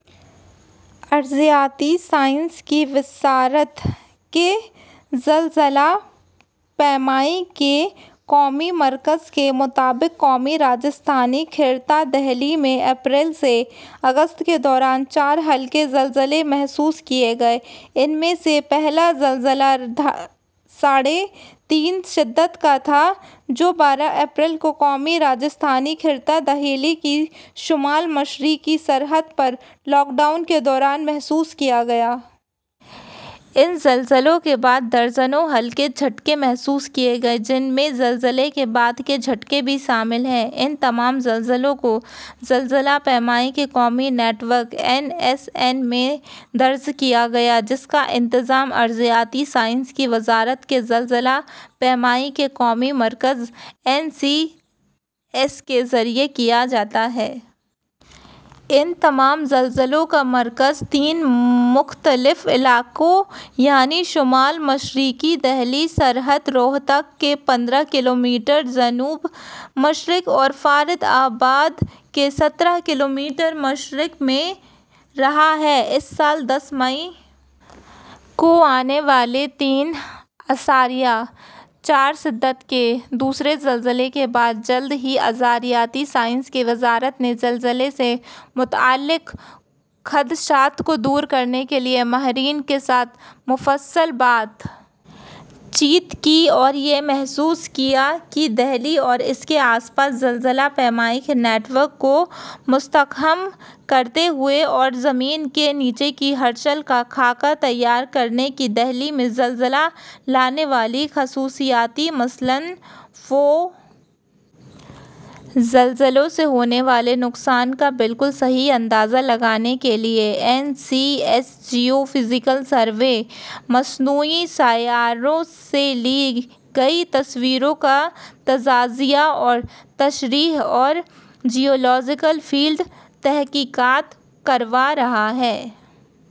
ارضیاتی سائنس کی وزارت کے زلزلہ پیمائی کے قومی مرکز کے مطابق قومی راجدھانی خطہ دہلی میں اپریل سے اگست کے دوران چار ہلکے زلزلے محسوس کیے گئے ان میں سے پہلا زلزلہ ساڑھے تین شدت کا تھا جو بارہ اپریل کو قومی راجدھانی خطہ دہلی کی شمال مشرقی سرحد پر لاک ڈاؤن کے دوران محسوس کیا گیا۔ ان زلزلوں کے بعد درجنوں ہلکے جھٹکے محسوس کیے گئے جن میں زلزلے کے بعد کے جھٹکے بھی شامل ہیں۔ ان تمام زلزلوں کو زلزلہ پیمائی کے قومی network N S N میں درج کیا گیا جس کا انتظام ارضیاتی سائنس کی وزارت کے زلزلہ پیمائی کے قومی مرکز این سی ایس کے ذریعہ کیا جاتا ہے۔ ان تمام زلزلوں کا مرکز تین مختلف علاقوں یعنی شمال مشرقی دہلی سرحد، روہتک کے پندرہ کلومیٹر جنوب مشرق اور فرید آباد کے سترہ کلومیٹر مشرق میں رہا ہے۔ اسی سال دس مئی کو آنے والے تین اشاریہ چار شدت کے دوسرے زلزلے کے بعد جلد ہی ارضیاتی سائنس کی وزارت نے زلزلے سے متعلق خدشات کو دور کرنے کے لیے ماہرین کے ساتھ مفصل بات چیت کی اور یہ محسوس کیا گیا کہ دہلی اور اس کے آس پاس زلزلہ پیمائی کے نیٹ ورک کو مستحکم کرتے ہوئے اور زمین کے نیچے کی ہلچل کا خاکہ تیار کر کے دہلی میں زلزلہ لانے والی خصوصیات مثلاً قدرتی خامیوں کا پتہ لگانا انتہائی ضروری ہے۔ زلزلوں سے ہونے والے نقصان کا بالکل صحیح اندازہ لگانے کے لیے N C S geophysical survey, مصنوعی سیاروں سے لی گئی تصویروں کا تجزیہ اور تشریح اور جیولوجیکل فیلڈ تحقیقات کروا رہا ہے۔